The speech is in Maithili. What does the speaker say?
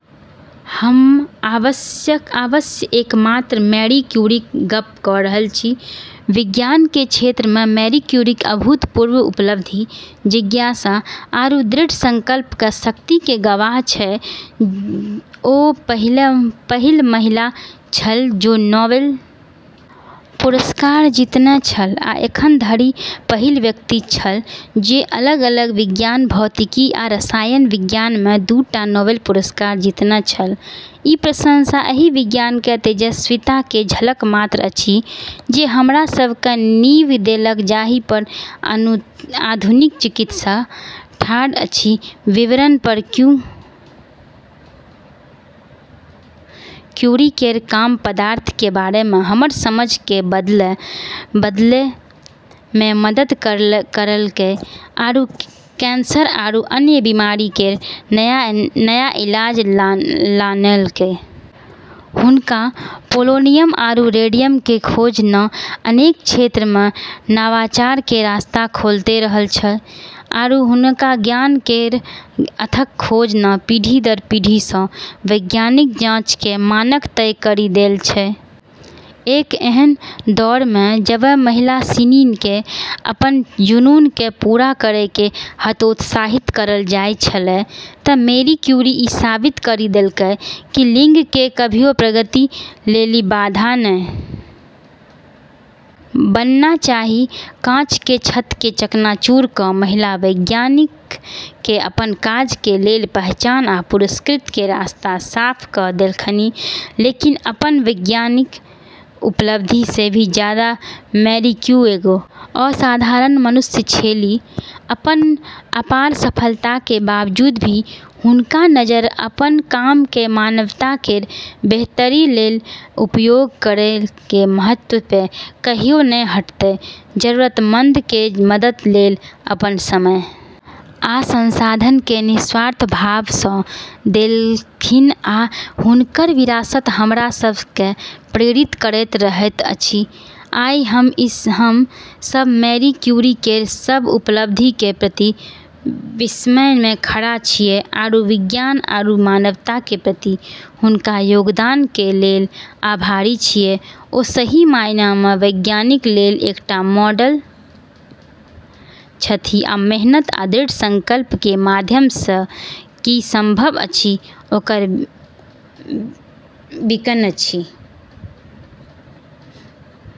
हम अवश्य एकमात्र मैरी क्यूरीक गप्प क रहल छी, विज्ञान के क्षेत्र में मैरी क्यूरी के अभूतपूर्व उपलब्धि जिज्ञासा आरू दृढ़ संकल्प के शक्ति के गवाह छै ओ पहिल महिला छल जे नोबेल पुरस्कार जीतने छल आ एखन धरि के पहिल व्यक्ति छल जे अलग-अलग विज्ञान भौतिकी आ रसायन विज्ञान मे दू टा नोबेल पुरस्कार जीतने छल, ई प्रशंसा एहि वैज्ञानिक के तेजस्वीता के झलक मात्र अछि जे हमरा सब के ओ नींव देलक जाहि पर आधुनिक चिकित्सा ठाढ़ अछि, विकिरण पर क्यूरी केरऽ काम पदार्थ के बारे मे हमरऽ समझ के बदलै मे मदद करलकै आरू कैंसर आरू अन्य बीमारी केरऽ नया इलाज लानलकै। हुनकऽ पोलोनियम आरू रेडियम के खोज न अनेक क्षेत्रऽ मे नवाचार के रास्ता खोलतें रहलऽ छै आरू हुनकऽ ज्ञान केरऽ अथक खोज न पीढ़ी-दर-पीढ़ी स॑ वैज्ञानिक जांच के मानक तय करी देले छै, एक ऐन्हऽ दौर मे जबे महिला सिनी के अपनऽ जुनून के पूरा करै से हतोत्साहित करलऽ जाय छेलै त मैरी क्यूरी ई साबित करी देलकै कि लिंग के कभियो प्रगति लेली बाधा नै बनना चाहि, काँच के छत के चकनाचूर क महिला वैज्ञानिक के अपन काज के लेल पहचान आ पुरस्कृत के रास्ता साफ क देलखिन्ह लेकिन अपनऽ वैज्ञानिक उपलब्धि से भी जादा मैरी क्यूरी एगो असाधारण मनुष्य छेली, अपनऽ अपार सफलता के बावजूद भी हुनकऽ नजर अपनऽ काम के मानवता केरऽ बेहतरी लेली उपयोग करै के महत्व पे कहियो नै हटलै, जरूरतमंद के मदद के लेल अपन समय आ संसाधन के निस्वार्थ भाव स देलखिन आ हुनकर विरासत हमरा सब के प्रेरित करैत रहैत अछि, आइ हम सब मैरी क्यूरी केरऽ सब उपलब्धि के प्रति विस्मय में खड़ा छियै आरू विज्ञान आरू मानवता के प्रति हुनकऽ योगदान के लेलऽ आभारी छियै ओ सही मायने मे वैज्ञानिक लेल एकटा मॉडल छथि आ मेहनत आ दृढ़ संकल्प क माध्यम स की संभव अछि ओकर बीकन छथि।